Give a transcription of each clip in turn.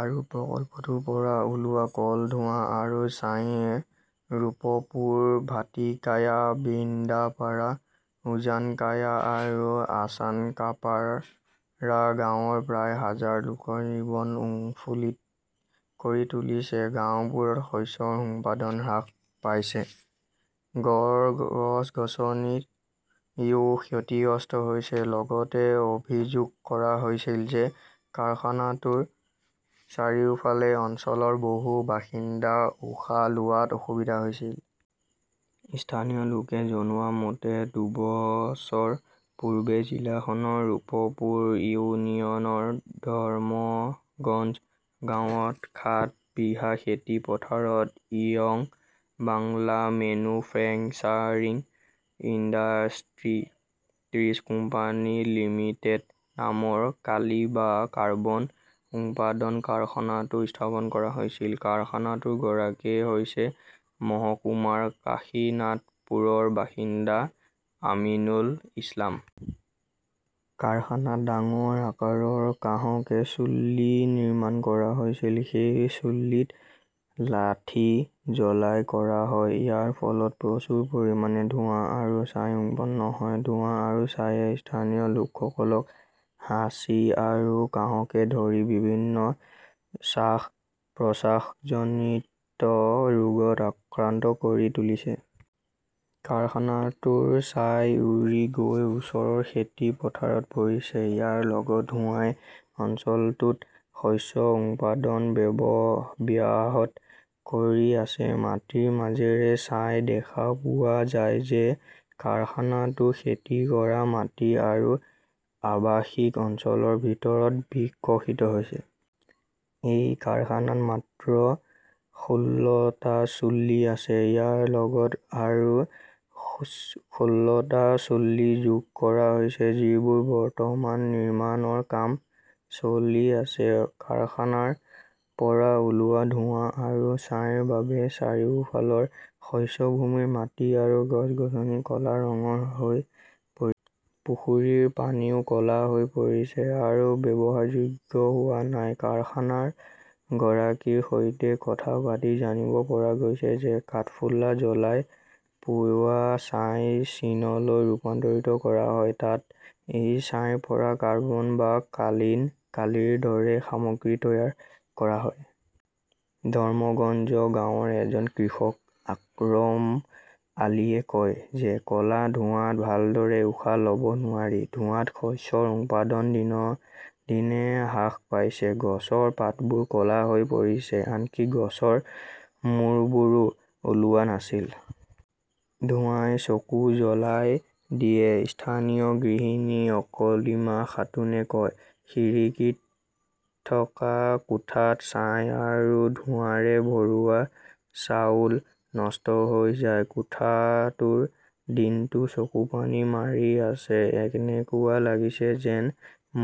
আৰু প্ৰকল্পটোৰ পৰা ওলোৱা ক 'লা ধোঁৱা আৰু ছাইয়ে ৰূপপুৰ, ভাটিকায়া, বৃন্দাপাৰা, উজানকায়া আৰু আচানকাপাৰা গাঁৱৰ প্ৰায় হাজাৰ লোকৰ জীৱন উৎফুল্লিত কৰি তুলিছে। গাওঁবোৰত শস্যৰ উৎপাদন হ্ৰাস পাইছে, গছ-গছনিও ক্ষতিগ্ৰস্ত হৈছে। লগতে অভিযোগ কৰা হৈছিল যে কাৰখানাটোৰ চাৰিওফালে অঞ্চলৰ বহু বাসিন্দাৰ উশাহ লোৱাত অসুবিধা হৈছিল। স্থানীয় লোকে জনোৱা মতে, দুবছৰ পূৰ্বে জিলাখনৰ ৰূপপুৰ ইউনিয়নৰ ধৰ্মগঞ্জ গাঁৱৰ সাত বিঘা খেতি পথাৰত 'Young Bangla Manufacturing Industries Company Limited' নামৰ কালি বা কাৰ্বন উৎপাদন কাৰখানাটো স্থাপন কৰা হৈছিল। কাৰখানাটোৰ গৰাকী হৈছে মহকুমাৰ কাশীনাথপুৰৰ বাসিন্দা আমিনুল ইছলাম। কাৰখানাত ডাঙৰ আকাৰৰ কাঁহকে চুল্লি নিৰ্মাণ কৰা হৈছিল। সেই চুলিত লাঠি জ্বলাই কৰা হয়। ইয়াৰ ফলত প্ৰচুৰ পৰিমাণে ধোঁৱা আৰু ছাই উৎপন্ন হয়। ধোঁৱা আৰু ছাইয়ে স্থানীয় লোকসকলক হাঁচি আৰু কাঁহকে ধৰি বিভিন্ন শ্বাস-প্ৰশ্বাসজনিত ৰোগত আক্ৰান্ত কৰি তুলিছে। কাৰখানাটোৰ ছাই উৰি গৈ ওচৰৰ খেতি পথাৰত পৰিছে। ইয়াৰ লগত ধোঁৱাই অঞ্চলটোত শস্য উৎপাদন ব্যাহত কৰি আছে। মাটিৰ মাজেৰে চাই দেখা পোৱা যায় যে কাৰখানাটো খেতি কৰা মাটি আৰু আৱাসিক অঞ্চলৰ ভিতৰত বিকশিত হৈছে। এই কাৰখানাত মাত্ৰ ষোল্লটা চুল্লি আছে। ইয়াৰ লগত আৰু ষোল্লটা চুল্লি যোগ কৰা হৈছে, যিবোৰ বৰ্তমান নিৰ্মাণৰ কাম চলি আছে। কাৰখানাৰ পৰা ওলোৱা ধোঁৱা আৰু ছাইৰ বাবে চাৰিওফালৰ শস্য ভূমিৰ মাটি আৰু গছ-গছনি ক 'লা ৰঙৰ হৈ পৰিছে। পুখুৰীৰ পানীও ক 'লা হৈ পৰিছে আৰু ব্যৱহাৰযোগ্য হোৱা নাই। কাৰখানাৰ গৰাকীৰ সৈতে কথা পাতি জানিব পৰা গৈছে যে কাঠফুলা জ্বলাই পোৱা ছাই চীনলৈ ৰুপান্তৰিত কৰা হয়। তাত এই ছাইৰ পৰা কাৰ্বন বা কালিৰ দৰে সামগ্ৰী তৈয়াৰ কৰা হয়। ধৰ্মগঞ্জ গাঁৱৰ এজন কৃষক আকৰম আলীয়ে কয় যে ক 'লা ধোঁৱাত ভালদৰে উশাহ ল'ব নোৱাৰি। ধোঁৱাত শস্যৰ উৎপাদন দিনক দিনে হ্ৰাস পাইছে। গছৰ পাতবোৰ ক 'লা হৈ পৰিছে। আনকি গছৰ মূৰবোৰো ওলোৱা নাছিল। ধোঁৱাই চকু জ্বলাই দিয়ে, স্থানীয় গৃহিণী আকলিমা খাতুনে কয়। খিৰিকী থকা কোঠাত ছাই আৰু ধোঁৱাৰে ভৰোৱা চাউল নষ্ট হৈ যায়। কোঠাটোৰ টিনটো চকুপানী মাৰি আছে। এনেকুৱা লাগিছে যেন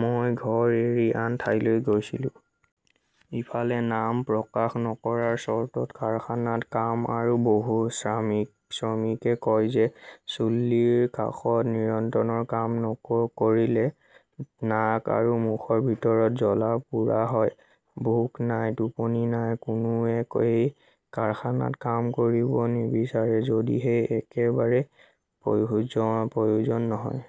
মই ঘৰ এৰি আন ঠাইলৈ গৈছিলো। ইফালে, নাম প্ৰকাশ নকৰাৰ চৰ্তত কাৰখানাত কাম কৰা বহু শ্ৰমিকে কয় যে, চুল্লীৰ কাষত নিৰন্তৰ কাম কৰিলে নাক আৰু মুখৰ ভিতৰত জ্বলা-পোৰা হয়। ভোক নাই, টোপনি নাই। কোনোৱে এই কাৰখানাত কাম কৰিব নিবিচাৰে যদিহে একেবাৰে প্ৰয়োজন নহয়।